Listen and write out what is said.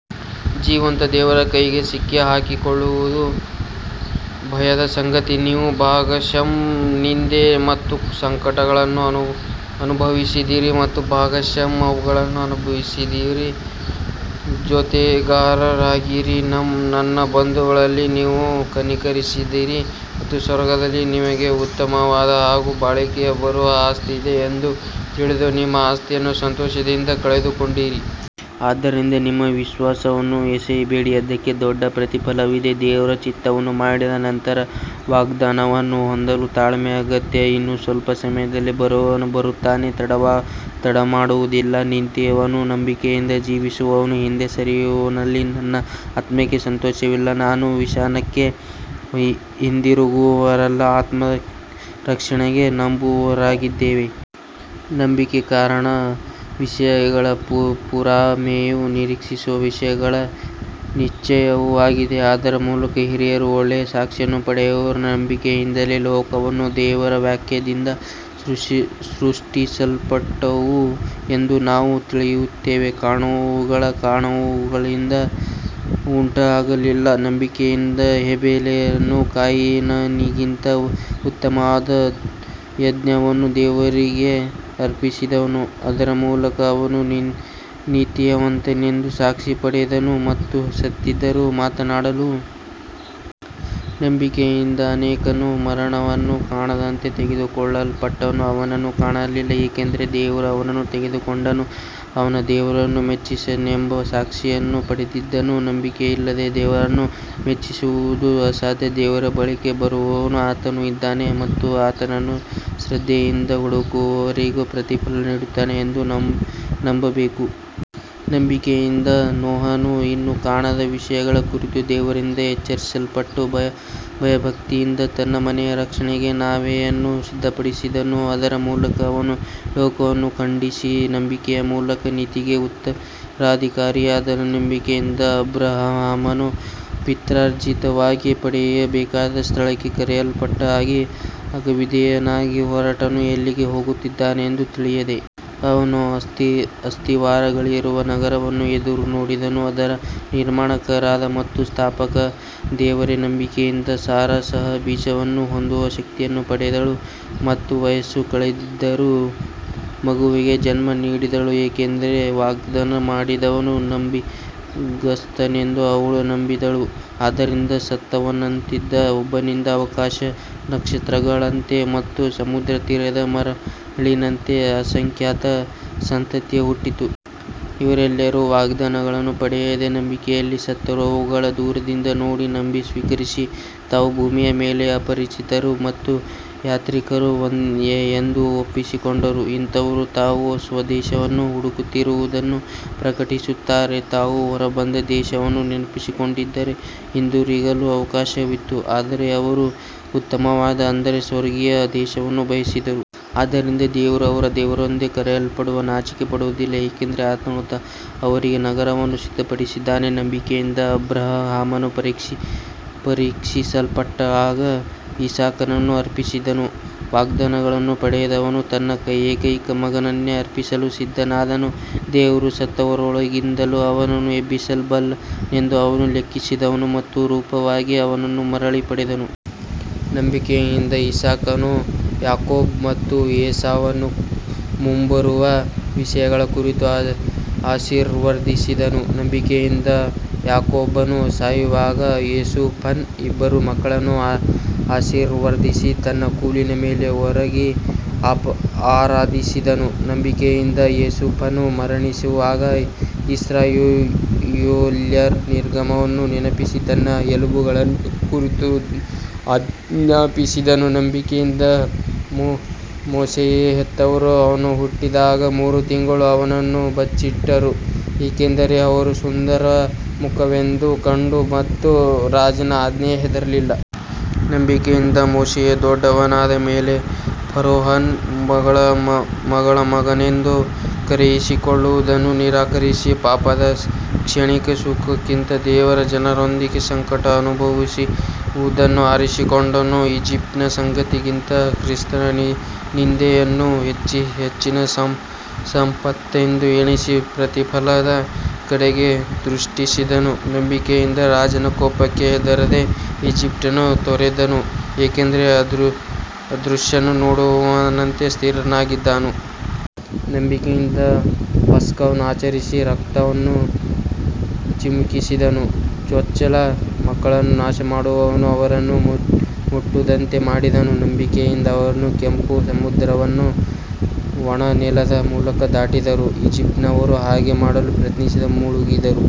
ಜೀವಂತ ದೇವರ ಕೈಗೆ ಸಿಕ್ಕಿಹಾಕಿಕೊಳ್ಳುವುದು ಭಯದ ಸಂಗತಿ. ನೀವು ಭಾಗಶಃ ನಿಂದೆ ಮತ್ತು ಸಂಕಟಗಳನ್ನು ಅನುಭವಿಸಿದಿರಿ ಮತ್ತು ಭಾಗಶಃ ಅವುಗಳನ್ನು ಅನುಭವಿಸಿದವರ ಜೊತೆಗಾರರಾದಿರಿ. ನನ್ನ ಬಂಧಗಳಲ್ಲಿ ನೀವು ಕನಿಕರಿಸಿದಿರಿ ಮತ್ತು ಸ್ವರ್ಗದಲ್ಲಿ ನಿಮಗೆ ಉತ್ತಮವಾದ ಹಾಗೂ ಬಾಳಿಕೆ ಬರುವ ಆಸ್ತಿಯಿದೆ ಎಂದು ತಿಳಿದು ನಿಮ್ಮ ಆಸ್ತಿಯನ್ನು ಸಂತೋಷದಿಂದ ಕಳೆದುಕೊಂಡಿರಿ. ಆದ್ದರಿಂದ ನಿಮ್ಮ ವಿಶ್ವಾಸವನ್ನು ಎಸೆಯಬೇಡಿ, ಅದಕ್ಕೆ ದೊಡ್ಡ ಪ್ರತಿಫಲವಿದೆ. ದೇವರ ಚಿತ್ತವನ್ನು ಮಾಡಿದ ನಂತರ ವಾಗ್ದಾನವನ್ನು ಹೊಂದಲು ತಾಳ್ಮೆ ಅಗತ್ಯ. ಇನ್ನೂ ಸ್ವಲ್ಪ ಸಮಯದಲ್ಲಿ ಬರುವವನು ಬರುತ್ತಾನೆ, ತಡಮಾಡುವುದಿಲ್ಲ. ನೀತಿವಂತನು ನಂಬಿಕೆಯಿಂದ ಜೀವಿಸುವನು, ಹಿಂದೆ ಸರಿಯುವವನಲ್ಲಿ ನನ್ನ ಆತ್ಮಕ್ಕೆ ಸಂತೋಷವಿಲ್ಲ. ನಾವು ವಿನಾಶಕ್ಕೆ ಹಿಂದಿರುಗುವವರಲ್ಲ, ಆತ್ಮದ ರಕ್ಷಣೆಗೆ ನಂಬುವವರಾಗಿದ್ದೇವೆ. ನಂಬಿಕೆಯು ಕಾಣದ ವಿಷಯಗಳ ಪುರಾವೆಯೂ ನಿರೀಕ್ಷಿಸುವ ವಿಷಯಗಳ ನಿಶ್ಚಯವೂ ಆಗಿದೆ. ಅದರ ಮೂಲಕ ಹಿರಿಯರು ಒಳ್ಳೆಯ ಸಾಕ್ಷಿಯನ್ನು ಪಡೆದರು. ನಂಬಿಕೆಯಿಂದಲೇ ಲೋಕಗಳು ದೇವರ ವಾಕ್ಯದಿಂದ ಸೃಷ್ಟಿಸಲ್ಪಟ್ಟವು ಎಂದು ನಾವು ತಿಳಿಯುತ್ತೇವೆ, ಕಾಣುವವುಗಳು ಕಾಣುವವುಗಳಿಂದ ಉಂಟಾಗಲಿಲ್ಲ. ನಂಬಿಕೆಯಿಂದ ಹೇಬೆಲನು ಕಾಯಿನನಿಗಿಂತ ಉತ್ತಮವಾದ ಯಜ್ಞವನ್ನು ದೇವರಿಗೆ ಅರ್ಪಿಸಿದನು. ಅದರ ಮೂಲಕ ಅವನು ನೀತಿವಂತನೆಂದು ಸಾಕ್ಷಿ ಪಡೆದನು ಮತ್ತು ಸತ್ತಿದ್ದರೂ ಮಾತನಾಡುತ್ತಾನೆ. ನಂಬಿಕೆಯಿಂದ ಹನೋಕನು ಮರಣವನ್ನು ಕಾಣದಂತೆ ತೆಗೆದುಕೊಳ್ಳಲ್ಪಟ್ಟನು. ಅವನನ್ನು ಕಾಣಲಿಲ್ಲ, ಏಕೆಂದರೆ ದೇವರು ಅವನನ್ನು ತೆಗೆದುಕೊಂಡನು. ಅವನು ದೇವರನ್ನು ಮೆಚ್ಚಿಸಿದನೆಂಬ ಸಾಕ್ಷಿಯನ್ನು ಪಡೆದಿದ್ದನು. ನಂಬಿಕೆಯಿಲ್ಲದೆ ದೇವರನ್ನು ಮೆಚ್ಚಿಸುವುದು ಅಸಾಧ್ಯ. ದೇವರ ಬಳಿಗೆ ಬರುವವನು ಆತನು ಇದ್ದಾನೆ ಮತ್ತು ಆತನನ್ನು ಶ್ರದ್ಧೆಯಿಂದ ಹುಡುಕುವವರಿಗೆ ಪ್ರತಿಫಲ ನೀಡುತ್ತಾನೆ ಎಂದು ನಂಬಬೇಕು. ನಂಬಿಕೆಯಿಂದ ನೋಹನು ಇನ್ನೂ ಕಾಣದ ವಿಷಯಗಳ ಕುರಿತು ದೇವರಿಂದ ಎಚ್ಚರಿಸಲ್ಪಟ್ಟು ಭಯಭಕ್ತಿಯಿಂದ ತನ್ನ ಮನೆಯ ರಕ್ಷಣೆಗೆ ನಾವೆಯನ್ನು ಸಿದ್ಧಪಡಿಸಿದನು. ಅದರ ಮೂಲಕ ಅವನು ಲೋಕವನ್ನು ಖಂಡಿಸಿ ನಂಬಿಕೆಯ ಮೂಲಕ ನೀತಿಗೆ ಉತ್ತರಾಧಿಕಾರಿಯಾದನು. ನಂಬಿಕೆಯಿಂದ ಅಬ್ರಹಾಮನು ಪಿತ್ರಾರ್ಜಿತವಾಗಿ ಪಡೆಯಬೇಕಾದ ಸ್ಥಳಕ್ಕೆ ಕರೆಯಲ್ಪಟ್ಟಾಗ ವಿಧೇಯನಾಗಿ ಹೊರಟನು, ಎಲ್ಲಿಗೆ ಹೋಗುತ್ತಿದ್ದಾನೆಂದು ತಿಳಿಯದೆ. ಅವನು ಅಸ್ತಿವಾರಗಳಿರುವ ನಗರವನ್ನು ಎದುರುನೋಡಿದನು, ಅದರ ನಿರ್ಮಾಣಕಾರ ಮತ್ತು ಸ್ಥಾಪಕ ದೇವರೇ. ನಂಬಿಕೆಯಿಂದ ಸಾರಾ ಸಹ ಬೀಜವನ್ನು ಹೊಂದುವ ಶಕ್ತಿಯನ್ನು ಪಡೆದಳು ಮತ್ತು ವಯಸ್ಸು ಕಳೆದಿದ್ದರೂ ಮಗುವಿಗೆ ಜನ್ಮ ನೀಡಿದಳು, ಏಕೆಂದರೆ ವಾಗ್ದಾನ ಮಾಡಿದವನು ನಂಬಿಗಸ್ತನೆಂದು ಅವಳು ನಂಬಿದಳು. ಆದ್ದರಿಂದ ಸತ್ತವನಂತಿದ್ದ ಒಬ್ಬನಿಂದ ಆಕಾಶದ ನಕ್ಷತ್ರಗಳಂತೆ ಮತ್ತು ಸಮುದ್ರತೀರದ ಮರಳಿನಂತೆ ಅಸಂಖ್ಯಾತ ಸಂತತಿ ಹುಟ್ಟಿತು. ಇವರೆಲ್ಲರೂ ವಾಗ್ದಾನಗಳನ್ನು ಪಡೆಯದೆ ನಂಬಿಕೆಯಲ್ಲಿ ಸತ್ತರು. ಅವುಗಳನ್ನು ದೂರದಿಂದ ನೋಡಿ, ನಂಬಿ, ಸ್ವೀಕರಿಸಿ, ತಾವು ಭೂಮಿಯ ಮೇಲೆ ಅಪರಿಚಿತರು ಮತ್ತು ಯಾತ್ರಿಕರು ಎಂದು ಒಪ್ಪಿಕೊಂಡರು. ಇಂಥವರು ತಾವು ಸ್ವದೇಶವನ್ನು ಹುಡುಕುತ್ತಿರುವುದನ್ನು ಪ್ರಕಟಿಸುತ್ತಾರೆ. ತಾವು ಹೊರಬಂದ ದೇಶವನ್ನು ನೆನಪಿಸಿಕೊಂಡಿದ್ದರೆ ಹಿಂದಿರುಗಲು ಅವಕಾಶವಿತ್ತು. ಆದರೆ ಅವರು ಉತ್ತಮವಾದ, ಅಂದರೆ ಸ್ವರ್ಗೀಯ ದೇಶವನ್ನು ಬಯಸಿದರು. ಆದ್ದರಿಂದ ದೇವರು ಅವರ ದೇವರೆಂದು ಕರೆಯಲ್ಪಡಲು ನಾಚಿಕೆಪಡುವುದಿಲ್ಲ, ಏಕೆಂದರೆ ಆತನು ಅವರಿಗೆ ನಗರವನ್ನು ಸಿದ್ಧಪಡಿಸಿದ್ದಾನೆ. ನಂಬಿಕೆಯಿಂದ ಅಬ್ರಹಾಮನು ಪರೀಕ್ಷಿಸಲ್ಪಟ್ಟಾಗ ಇಸಾಕನನ್ನು ಅರ್ಪಿಸಿದನು. ವಾಗ್ದಾನಗಳನ್ನು ಪಡೆದವನು ತನ್ನ ಏಕೈಕ ಮಗನನ್ನೇ ಅರ್ಪಿಸಲು ಸಿದ್ಧನಾದನು. ದೇವರು ಸತ್ತವರೊಳಗಿಂದಲೂ ಅವನನ್ನು ಎಬ್ಬಿಸಬಲ್ಲನೆಂದು ಅವನು ಲೆಕ್ಕಿಸಿದನು ಮತ್ತು ರೂಪಕವಾಗಿ ಅವನನ್ನು ಮರಳಿ ಪಡೆದನು. ನಂಬಿಕೆಯಿಂದ ಇಸಾಕನು ಯಾಕೋಬ ಮತ್ತು ಏಸಾವನ್ನು ಮುಂಬರುವ ವಿಷಯಗಳ ಕುರಿತು ಆಶೀರ್ವದಿಸಿದನು. ನಂಬಿಕೆಯಿಂದ ಯಾಕೋಬನು ಸಾಯುವಾಗ ಯೋಸೇಫನ ಇಬ್ಬರು ಮಕ್ಕಳನ್ನು ಆಶೀರ್ವದಿಸಿ ತನ್ನ ಕೋಲಿನ ಮೇಲೆ ಒರಗಿ ಆರಾಧಿಸಿದನು. ನಂಬಿಕೆಯಿಂದ ಯೋಸೇಫನು ಮರಣಿಸುವಾಗ ಇಸ್ರಾಯೇಲ್ಯರ ನಿರ್ಗಮನವನ್ನು ನೆನಪಿಸಿ ತನ್ನ ಎಲುಬುಗಳ ಕುರಿತು ಆಜ್ಞಾಪಿಸಿದನು. ನಂಬಿಕೆಯಿಂದ ಮೋಶೆಯ ಹೆತ್ತವರು ಅವನು ಹುಟ್ಟಿದಾಗ ಮೂರು ತಿಂಗಳು ಅವನನ್ನು ಬಚ್ಚಿಟ್ಟರು, ಏಕೆಂದರೆ ಅವನು ಸುಂದರ ಮಗುವೆಂದು ಕಂಡರು ಮತ್ತು ರಾಜನ ಆಜ್ಞೆಗೆ ಹೆದರಲಿಲ್ಲ. ನಂಬಿಕೆಯಿಂದ ಮೋಶೆಯು ದೊಡ್ಡವನಾದ ಮೇಲೆ ಫರೋಹನ ಮಗಳ ಮಗನೆಂದು ಕರೆಯಿಸಿಕೊಳ್ಳುವುದನ್ನು ನಿರಾಕರಿಸಿ, ಪಾಪದ ಕ್ಷಣಿಕ ಸುಖಕ್ಕಿಂತ ದೇವರ ಜನರೊಂದಿಗೆ ಸಂಕಟ ಅನುಭವಿಸುವುದನ್ನು ಆರಿಸಿಕೊಂಡನು. ಈಜಿಪ್ಟಿನ ಸಂಪತ್ತಿಗಿಂತ ಕ್ರಿಸ್ತನ ನಿಂದೆಯನ್ನು ಹೆಚ್ಚಿನ ಸಂಪತ್ತೆಂದು ಎಣಿಸಿ ಪ್ರತಿಫಲದ ಕಡೆಗೆ ದೃಷ್ಟಿಸಿದನು. ನಂಬಿಕೆಯಿಂದ ರಾಜನ ಕೋಪಕ್ಕೆ ಹೆದರದೆ ಈಜಿಪ್ಟನ್ನು ತೊರೆದನು, ಏಕೆಂದರೆ ಅದೃಶ್ಯನನ್ನು ನೋಡುವವನಂತೆ ಸ್ಥಿರನಾಗಿದ್ದನು. ನಂಬಿಕೆಯಿಂದ ಪಸ್ಕವನ್ನು ಆಚರಿಸಿ ರಕ್ತವನ್ನು ಚಿಮುಕಿಸಿದನು, ಚೊಚ್ಚಲ ಮಕ್ಕಳನ್ನು ನಾಶಮಾಡುವವನು ಅವರನ್ನು ಮುಟ್ಟದಂತೆ ಮಾಡಿದನು. ನಂಬಿಕೆಯಿಂದ ಅವರು ಕೆಂಪು ಸಮುದ್ರವನ್ನು ಒಣ ನೆಲದ ಮೂಲಕ ದಾಟಿದರು, ಈಜಿಪ್ಟಿನವರು ಹಾಗೆ ಮಾಡಲು ಪ್ರಯತ್ನಿಸಿ ಮುಳುಗಿದರು.